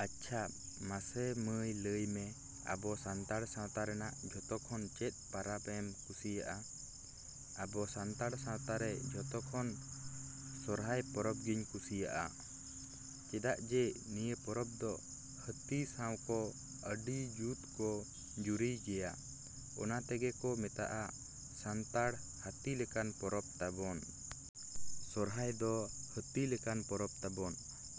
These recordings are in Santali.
ᱟᱪᱷᱟ ᱢᱟᱥᱮ ᱢᱟᱹᱭ ᱞᱟᱹᱭ ᱢᱮ, ᱟᱵᱚ ᱥᱟᱱᱛᱟᱲ ᱥᱟᱶᱛᱟ ᱨᱮᱱᱟᱜ ᱡᱚᱛᱚ ᱠᱷᱚᱱ ᱪᱮᱫ ᱯᱟᱨᱟᱵᱽ ᱮᱢ ᱠᱩᱥᱤᱭᱟᱜᱼᱟ? ᱟᱵᱚ ᱥᱟᱱᱛᱟᱲ ᱥᱟᱶᱛᱟ ᱨᱮ ᱡᱚᱛᱚ ᱠᱷᱚᱱ ᱥᱚᱨᱦᱟᱭ ᱯᱚᱨᱚᱵᱽ ᱜᱮᱧ ᱠᱩᱥᱤᱭᱟᱜᱼᱟ᱾ ᱪᱮᱫᱟᱜ ᱡᱮ ᱱᱤᱭᱟᱹ ᱯᱚᱨᱚᱵᱽ ᱫᱚ ᱦᱟᱹᱛᱤ ᱥᱟᱶᱠᱚ ᱟᱹᱰᱤ ᱡᱩᱛ ᱠᱚ ᱡᱩᱨᱤᱭ ᱜᱮᱭᱟ, ᱚᱱᱟ ᱛᱮᱜᱮ ᱠᱚ ᱢᱮᱛᱟᱜᱼᱟ ᱥᱟᱱᱛᱟᱲ ᱦᱟᱹᱛᱤ ᱞᱮᱠᱟᱱ ᱯᱚᱨᱚᱵᱽ ᱛᱟᱵᱚᱱ᱾ ᱥᱚᱨᱦᱟᱭ ᱫᱚ ᱦᱟᱹᱛᱤ ᱞᱮᱠᱟᱱ ᱯᱚᱨᱚᱵᱽ ᱛᱟᱵᱚᱱ᱾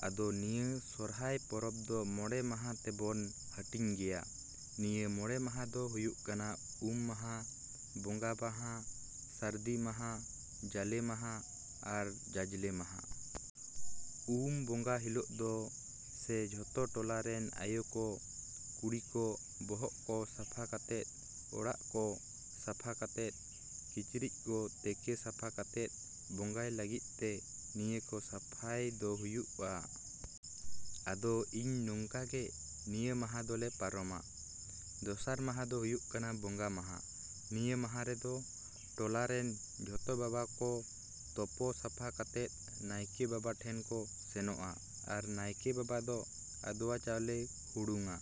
ᱟᱫᱚ ᱱᱤᱭᱟᱹ ᱥᱚᱨᱦᱟᱭ ᱯᱚᱨᱚᱵᱽ ᱫᱚ ᱢᱚᱬᱮ ᱢᱟᱦᱟ ᱛᱮᱵᱚᱱ ᱦᱟᱹᱴᱤᱧ ᱜᱮᱭᱟ᱾ ᱱᱤᱭᱟᱹ ᱢᱚᱬᱮ ᱢᱟᱦᱟ ᱫᱚ ᱦᱩᱭᱩᱜ ᱠᱟᱱᱟ ᱩᱢ ᱢᱟᱦᱟ, ᱵᱚᱸᱜᱟ ᱢᱟᱦᱟ, ᱥᱟᱹᱨᱫᱤ ᱢᱟᱦᱟ, ᱡᱟᱞᱮ ᱢᱟᱦᱟ ᱟᱨ ᱡᱟᱡᱞᱮ ᱢᱟᱦᱟ᱾ ᱩᱢ ᱵᱚᱸᱜᱟ ᱦᱤᱞᱳᱜ ᱫᱚ ᱥᱮ ᱡᱚᱛᱚ ᱴᱚᱞᱟ ᱨᱮᱱ ᱟᱭᱳ ᱠᱚ, ᱠᱩᱲᱤ ᱠᱚ ᱵᱚᱦᱚᱜ ᱠᱚ ᱥᱟᱯᱷᱟ ᱠᱟᱛᱮᱫ, ᱚᱲᱟᱜ ᱠᱚ ᱥᱟᱯᱷᱟ ᱠᱟᱛᱮᱫ, ᱠᱤᱪᱨᱤᱡ ᱠᱚ ᱛᱮᱠᱮ ᱥᱟᱯᱷᱟ ᱠᱟᱛᱮᱫ ᱵᱚᱸᱜᱟᱭ ᱞᱟᱹᱜᱤᱫ ᱛᱮ ᱱᱤᱭᱟᱹ ᱠᱚ ᱥᱟᱯᱷᱟᱭ ᱫᱚ ᱦᱩᱭᱩᱜᱼᱟ᱾ ᱟᱫᱚ ᱤᱧ ᱱᱚᱝᱠᱟ ᱜᱮ ᱱᱤᱭᱟᱹ ᱢᱟᱦᱟ ᱫᱚᱞᱮ ᱯᱟᱨᱚᱢᱟ᱾ ᱫᱚᱥᱟᱨ ᱢᱟᱦᱟ ᱫᱚ ᱦᱩᱭᱩᱜ ᱠᱟᱱᱟ ᱵᱚᱸᱜᱟ ᱢᱟᱦᱟ᱾ ᱱᱤᱭᱟᱹ ᱢᱟᱦᱟ ᱨᱮᱫᱚ ᱴᱚᱞᱟ ᱨᱮᱱ ᱡᱚᱛᱚ ᱵᱟᱵᱟ ᱠᱚ ᱛᱚᱯᱚ ᱥᱟᱯᱷᱟ ᱠᱟᱛᱮᱫ ᱱᱟᱭᱠᱮ ᱵᱟᱵᱟ ᱴᱷᱮᱱ ᱠᱚ ᱥᱮᱱᱚᱜᱼᱟ᱾ ᱟᱨ ᱱᱟᱭᱠᱮ ᱵᱟᱵᱟ ᱫᱚ ᱟᱫᱽᱣᱟ ᱪᱟᱣᱞᱮ ᱦᱩᱲᱩᱝᱼᱟ᱾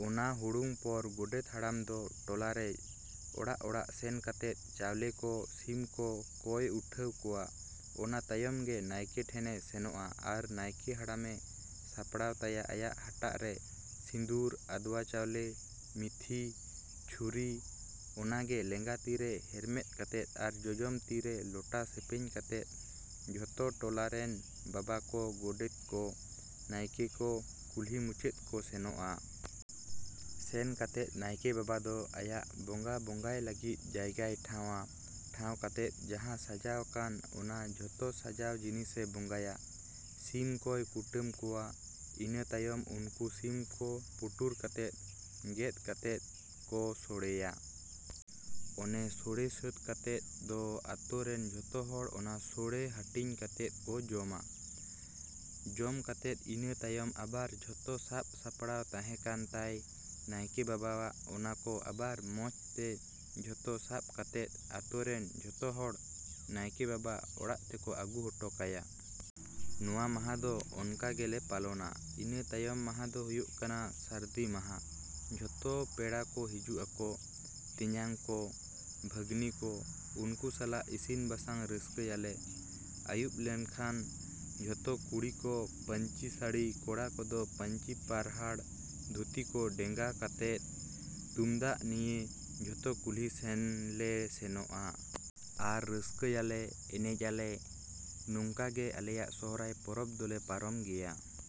ᱚᱱᱟ ᱦᱩᱲᱩᱝ ᱯᱚᱨ ᱜᱚᱰᱮᱛ ᱦᱟᱲᱟᱢ ᱫᱚ ᱴᱚᱞᱟ ᱨᱮ ᱡᱚᱛᱚ ᱚᱲᱟᱜᱼᱚᱲᱟᱜ ᱥᱮᱱ ᱠᱟᱛᱮᱫ ᱪᱟᱣᱞᱮ ᱠᱚ, ᱥᱤᱢ ᱠᱚ ᱠᱚᱭ ᱩᱴᱷᱟᱹᱣ ᱠᱚᱣᱟ, ᱚᱱᱟ ᱛᱟᱭᱚᱢ ᱜᱮ ᱱᱟᱭᱠᱮ ᱴᱷᱮᱱᱮ ᱥᱮᱱᱚᱜᱼᱟ᱾ ᱟᱨ ᱱᱟᱭᱠᱮ ᱦᱟᱲᱟᱢ ᱮ ᱥᱟᱯᱲᱟᱣ ᱛᱟᱭᱟ ᱟᱭᱟᱜ ᱦᱟᱴᱟᱜ ᱨᱮ ᱥᱤᱸᱫᱩᱨ, ᱟᱫᱽᱣᱟ ᱪᱟᱣᱞᱮ, ᱢᱤᱛᱷᱤ, ᱪᱷᱩᱨᱤ ᱚᱱᱟᱜᱮ ᱞᱮᱸᱜᱟ ᱛᱤᱨᱮ ᱦᱮᱨᱢᱮᱫ ᱠᱟᱛᱮᱫ ᱟᱨ ᱡᱚᱡᱚᱢ ᱛᱤ ᱨᱮ ᱞᱚᱴᱟ ᱥᱮᱯᱮᱧ ᱠᱟᱛᱮᱫ, ᱡᱚᱛᱚ ᱴᱚᱞᱟ ᱨᱮᱱ ᱵᱟᱵᱟ ᱠᱚ, ᱜᱚᱰᱮᱛ ᱠᱚ, ᱱᱟᱭᱠᱮ ᱠᱚ ᱠᱩᱞᱦᱤ ᱢᱩᱪᱟᱹᱫ ᱠᱚ ᱥᱮᱱᱚᱜᱼᱟ᱾ ᱥᱮᱱ ᱠᱟᱛᱮᱫ ᱱᱟᱭᱠᱮ ᱵᱟᱵᱟ ᱫᱚ ᱟᱭᱟᱜ ᱵᱚᱸᱜᱟ ᱵᱚᱸᱜᱟᱭ ᱞᱟᱹᱜᱤᱫ ᱡᱟᱭᱜᱟᱭ ᱴᱷᱟᱶᱼᱟ᱾ ᱴᱷᱟᱶ ᱠᱟᱛᱮᱫ ᱡᱟᱦᱟᱸ ᱥᱟᱡᱟᱣ ᱟᱠᱟᱱ ᱚᱱᱟ ᱡᱚᱛᱚ ᱥᱟᱡᱟᱣ ᱡᱤᱱᱤᱥ ᱮ ᱵᱚᱸᱜᱟᱭᱟ᱾ ᱥᱤᱢ ᱠᱚᱭ ᱠᱩᱴᱟᱹᱢ ᱠᱚᱣᱟ, ᱤᱱᱟᱹ ᱛᱟᱭᱚᱢ ᱩᱱᱠᱩ ᱥᱤᱢ ᱠᱚ ᱯᱩᱴᱩᱨ ᱠᱟᱛᱮᱫ, ᱜᱮᱛ ᱠᱟᱛᱮᱫ ᱠᱚ ᱥᱚᱲᱮᱭᱟ᱾ ᱚᱱᱟ ᱥᱚᱲᱮ ᱥᱟᱹᱛ ᱠᱟᱛᱮᱫ ᱫᱚ ᱟᱹᱛᱳ ᱨᱮᱱ ᱡᱚᱛᱚ ᱦᱚᱲ ᱚᱱᱟ ᱥᱚᱲᱮ ᱦᱟᱹᱴᱤᱧ ᱠᱟᱛᱮᱫ ᱠᱚ ᱡᱚᱢᱟ᱾ ᱡᱚᱢ ᱠᱟᱛᱮᱫ ᱤᱱᱟᱹ ᱛᱟᱭᱚᱢ ᱟᱵᱟᱨ ᱡᱚᱛᱚ ᱥᱟᱯ ᱥᱟᱯᱲᱟᱣ ᱛᱟᱦᱮᱸ ᱠᱟᱱ ᱛᱟᱭ ᱱᱟᱭᱠᱮ ᱵᱟᱵᱟ ᱟᱜ ᱚᱱᱟ ᱠᱚ ᱟᱵᱟᱨ ᱢᱚᱸᱡᱽ ᱛᱮ ᱡᱚᱛᱚ ᱥᱟᱵ ᱠᱟᱛᱮᱫ ᱟᱹᱛᱳ ᱨᱮᱱ ᱡᱚᱛᱚ ᱦᱚᱲ ᱱᱟᱭᱠᱮ ᱵᱟᱵᱟ ᱚᱲᱟᱜ ᱛᱮᱠᱚ ᱟᱹᱜᱩ ᱦᱚᱴᱚ ᱠᱟᱭᱟ᱾ ᱱᱚᱶᱟ ᱢᱟᱦᱟ ᱫᱚ ᱚᱱᱠᱟ ᱜᱮᱞᱮ ᱯᱟᱞᱚᱱᱟ᱾ ᱤᱱᱟᱹ ᱛᱟᱭᱚᱢ ᱢᱟᱦᱟ ᱫᱚ ᱦᱩᱭᱩᱜ ᱠᱟᱱᱟ ᱥᱟᱹᱨᱫᱤ ᱢᱟᱦᱟ᱾ ᱡᱚᱛᱚ ᱯᱮᱲᱟ ᱠᱚ ᱦᱤᱡᱩᱜ ᱟᱠᱚ, ᱛᱮᱧᱟᱝ ᱠᱚ, ᱵᱷᱟᱹᱜᱱᱤ ᱠᱚ, ᱩᱱᱠᱩ ᱥᱟᱞᱟᱜ ᱤᱥᱤᱱ ᱵᱟᱥᱟᱝ ᱨᱟᱹᱥᱠᱟᱹᱭ ᱟᱞᱮ᱾ ᱟᱭᱩᱵ ᱞᱮᱱᱠᱷᱟᱱ ᱡᱚᱛᱚ ᱠᱩᱲᱤ ᱠᱚ ᱯᱟᱹᱧᱪᱤ ᱥᱟᱹᱲᱤ, ᱠᱚᱲᱟ ᱠᱚᱫᱚ ᱯᱟᱹᱧᱪᱤ ᱯᱟᱨᱦᱟᱲ ᱫᱷᱩᱛᱤ ᱠᱚ ᱰᱮᱝᱜᱟ ᱠᱟᱛᱮᱫ, ᱛᱩᱢᱫᱟᱜ ᱱᱤᱭᱮ ᱡᱚᱛᱚ ᱠᱩᱞᱦᱤ ᱥᱮᱱ ᱞᱮ ᱥᱮᱱᱚᱜᱼᱟ᱾ ᱟᱨ ᱨᱟᱹᱥᱠᱟᱹᱭ ᱟᱞᱮ, ᱮᱱᱮᱡ ᱟᱞᱮ᱾ ᱱᱚᱝᱠᱟ ᱜᱮ ᱟᱞᱮᱭᱟᱜ ᱥᱚᱨᱦᱟᱭ ᱯᱚᱨᱚᱵᱽ ᱫᱚᱞᱮ ᱯᱟᱨᱚᱢ ᱜᱮᱭᱟ᱾